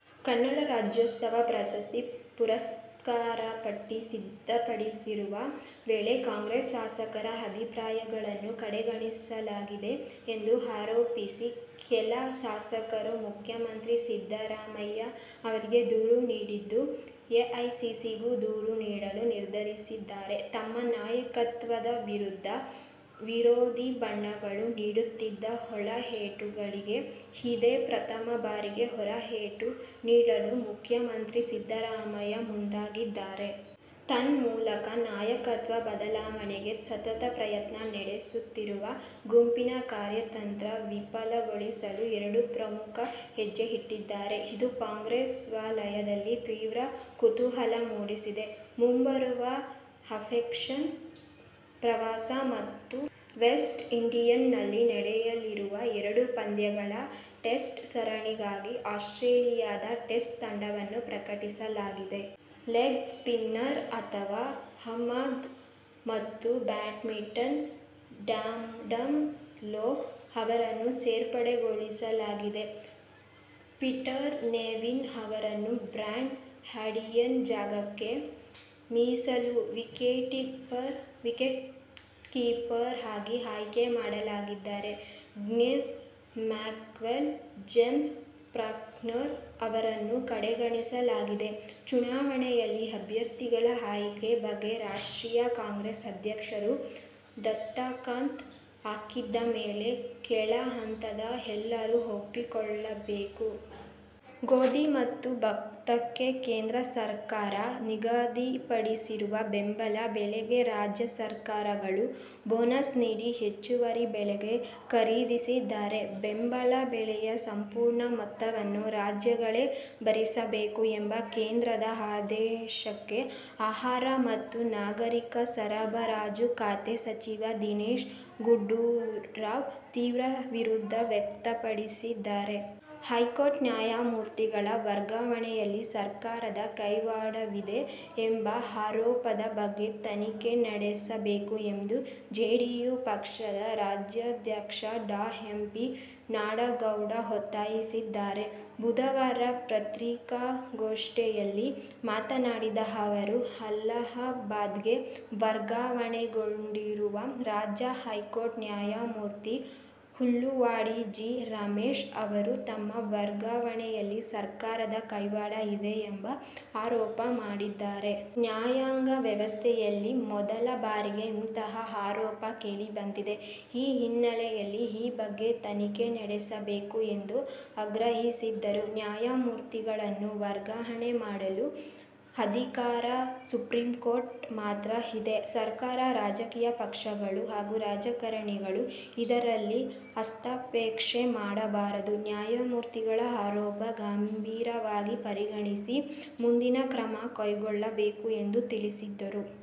ಕನ್ನಡ ರಾಜ್ಯೋತ್ಸವ ಪ್ರಶಸ್ತಿ ಪುರಸ್ಕೃತರ ಪಟ್ಟಿ ಸಿದ್ಧಪಡಿಸುವ ವೇಳೆ ಕಾಂಗ್ರೆಸ್ ಶಾಸಕರ ಅಭಿಪ್ರಾಯಗಳನ್ನು ಕಡೆಗಣಿಸಲಾಗಿದೆ ಎಂದು ಆರೋಪಿಸಿ ಕೆಲ ಶಾಸಕರು ಮುಖ್ಯಮಂತ್ರಿ ಸಿದ್ದರಾಮಯ್ಯ ಅವರಿಗೆ ದೂರು ನೀಡಿದ್ದು, ಎಐಸಿಸಿಗೂ ದೂರು ನೀಡಲು ನಿರ್ಧರಿಸಿದ್ದಾರೆ. ತಮ್ಮ ನಾಯಕತ್ವದ ವಿರುದ್ಧ ವಿರೋಧಿ ಬಣಗಳು ನೀಡುತ್ತಿದ್ದ "ಒಳ ಏಟು'ಗಳಿಗೆ ಇದೇ ಪ್ರಥಮ ಬಾರಿಗೆ "ಹೊರ ಏಟು' ನೀಡಲು ಮುಖ್ಯಮಂತ್ರಿ ಸಿದ್ದರಾಮಯ್ಯ ಮುಂದಾಗಿದ್ದಾರೆ. ತನ್ಮೂಲಕ ನಾಯಕತ್ವ ಬದಲಾವಣೆಗೆ ಸತತ ಪ್ರಯತ್ನ ನಡೆಸುತ್ತಿರುವ ಗುಂಪಿನ ಕಾರ್ಯತಂತ್ರ ವಿಫಲಗೊಳಿಸಲು ಎರಡು ಪ್ರಮುಖ ಹೆಜ್ಜೆ ಇಟ್ಟಿದ್ದಾರೆ. ಇದು ಕಾಂಗ್ರೆಸ್ ವಲಯದಲ್ಲಿ ತೀವ್ರ ಕುತೂಹಲ ಮೂಡಿಸಿದೆ. ಮುಂಬರುವ ಆ್ಯಶಸ್ ಪ್ರವಾಸ ಮತ್ತು ವೆಸ್ಟ್ಇಂಡೀಸ್ನಲ್ಲಿ ನಡೆಯಲಿರುವ ಎರಡು ಪಂದ್ಯಗಳ ಟೆಸ್ಟ್ ಸರಣಿಗಾಗಿ ಆಸ್ಟ್ರೇಲಿಯದ ಟೆಸ್ಟ್ ತಂಡವನ್ನು ಪ್ರಕಟಿಸಲಾಗಿದೆ. ಲೆಗ್ಸ್ಪಿನ್ನರ್ ಫವಾದ್ ಅಹ್ಮದ್ ಮತ್ತು ಬ್ಯಾಟ್ಸ್ಮನ್ ಆ್ಯಡಮ್ ವೋಗ್ಸ್ ಅವರನ್ನು ಸೇರ್ಪಡೆಗೊಳಿಸಲಾಗಿದೆ. ಪೀಟರ್ ನೆವಿಲ್ ಅವರನ್ನು ಬ್ರಾಡ್ ಹ್ಯಾಡಿನ್ ಜಾಗಕ್ಕೆ ಮೀಸಲು ವಿಕೆಟ್ಕೀಪರ್ ಆಗಿ ಆಯ್ಕೆ ಮಾಡಲಾಗಿದ್ದರೆ ಗ್ಲೆನ್ ಮ್ಯಾಕ್ಸ್ವೆಲ್, ಜೇಮ್ಸ್ ಫಾಕ್ನರ್ ಅವರನ್ನು ಕಡೆಗಣಿಸಲಾಗಿದೆ. ಚುನಾವಣೆಯಲ್ಲಿ ಅಭ್ಯರ್ಥಿಗಳ ಆಯ್ಕೆ ಬಗ್ಗೆ ರಾಷ್ಟ್ರೀಯ ಕಾಂಗ್ರೆಸ್ ಅಧ್ಯಕ್ಷರು ದಸ್ತಕತ್ ಹಾಕಿದ ಮೇಲೆ ಕೆಳ ಹಂತದ ಎಲ್ಲರೂ ಒಪ್ಪಿಕೊಳ್ಳಲೇಬೇಕು. ಗೋಧಿ ಮತ್ತು ಭತ್ತಕ್ಕೆ ಕೇಂದ್ರ ಸರಕಾರ ನಿಗದಿಪಡಿಸಿದ ಬೆಂಬಲ ಬೆಲೆಗೆ ರಾಜ್ಯ ಸರಕಾರ ಗಳು ಬೋನಸ್ ನೀಡಿ ಹೆಚ್ಚುವರಿ ಬೆಲೆಗೆ ಖರೀದಿಸಿದರೆ ಬೆಂಬಲ ಬೆಲೆಯ ಸಂಪೂರ್ಣ ಮೊತ್ತವನ್ನು ರಾಜ್ಯಗಳೇ ಭರಿಸಬೇಕು ಎಂಬ ಕೇಂದ್ರದ ಆದೇಶಕ್ಕೆ ಆಹಾರ ಮತ್ತು ನಾಗರಿಕ ಸರಬರಾಜು ಖಾತೆ ಸಚಿವ ದಿನೇಶ್ ಗುಂಡೂರಾವ್ ತೀವ್ರ ವಿರೋಧ ವ್ಯಕ್ತಪಡಿಸಿದ್ದಾರೆ. ಹೈಕೋರ್ಟ್ ನ್ಯಾಯಮೂರ್ತಿಗಳ ವರ್ಗಾವಣೆಯಲ್ಲಿ ಸರ್ಕಾರದ ಕೈವಾಡವಿದೆ ಎಂಬ ಆರೋಪದ ಬಗ್ಗೆ ತನಿಖೆ ನಡೆಸಬೇಕು ಎಂದು ಜೆಡಿಯು ಪಕ್ಷದ ರಾಜ್ಯಾಧ್ಯಕ್ಷ ಡಾ. ಎಂ. ಪಿ. ನಾಡಗೌಡ ಒತ್ತಾಯಿಸಿದ್ದಾರೆ. ಬುಧವಾರ ಪತ್ರಿಕಾಗೋಷ್ಠಿಯಲ್ಲಿ ಮಾತನಾಡಿದ ಅವರು, ಅಲಹಾಬಾದ್ಗೆ ವರ್ಗಾವಣೆಗೊಂಡಿರುವ ರಾಜ್ಯ ಹೈಕೋರ್ಟ್ ನ್ಯಾಯಮೂರ್ತಿ ಹುಲುವಾಡಿ ಜಿ. ರಮೇಶ್ ಅವರು ತಮ್ಮ ವರ್ಗಾವಣೆಯಲ್ಲಿ ಸರ್ಕಾರದ ಕೈವಾಡ ಇದೆ ಎಂಬ ಆರೋಪ ಮಾಡಿದ್ದಾರೆ. ನ್ಯಾಯಾಂಗ ವ್ಯವಸ್ಥೆಯಲ್ಲಿ ಮೊದಲ ಬಾರಿಗೆ ಇಂತಹ ಆರೋಪ ಕೇಳಿ ಬಂದಿದೆ. ಈ ಹಿನ್ನೆಲೆಯಲ್ಲಿ ಈ ಬಗ್ಗೆ ತನಿಖೆ ನಡೆಸಬೇಕು ಎಂದು ಆಗ್ರಹಿಸಿದರು. ನ್ಯಾಯಮೂರ್ತಿಗಳನ್ನು ವರ್ಗಾವಣೆ ಮಾಡುವ ಅಧಿಕಾರ ಸುಪ್ರೀಂಕೋರ್ಟ್ಗೆ ಮಾತ್ರ ಇದೆ. ಸರ್ಕಾರ, ರಾಜಕೀಯ ಪಕ್ಷಗಳು ಹಾಗೂ ರಾಜಕಾರಣಿಗಳು ಇದರಲ್ಲಿ ಹಸ್ತಕ್ಷೇಪ ಮಾಡಬಾರದು. ನ್ಯಾಯಮೂರ್ತಿಗಳ ಆರೋಪ ಗಂಭೀರವಾಗಿ ಪರಿಗಣಿಸಿ ಮುಂದಿನ ಕ್ರಮ ಕೈಗೊಳ್ಳಬೇಕು ಎಂದು ತಿಳಿಸಿದರು.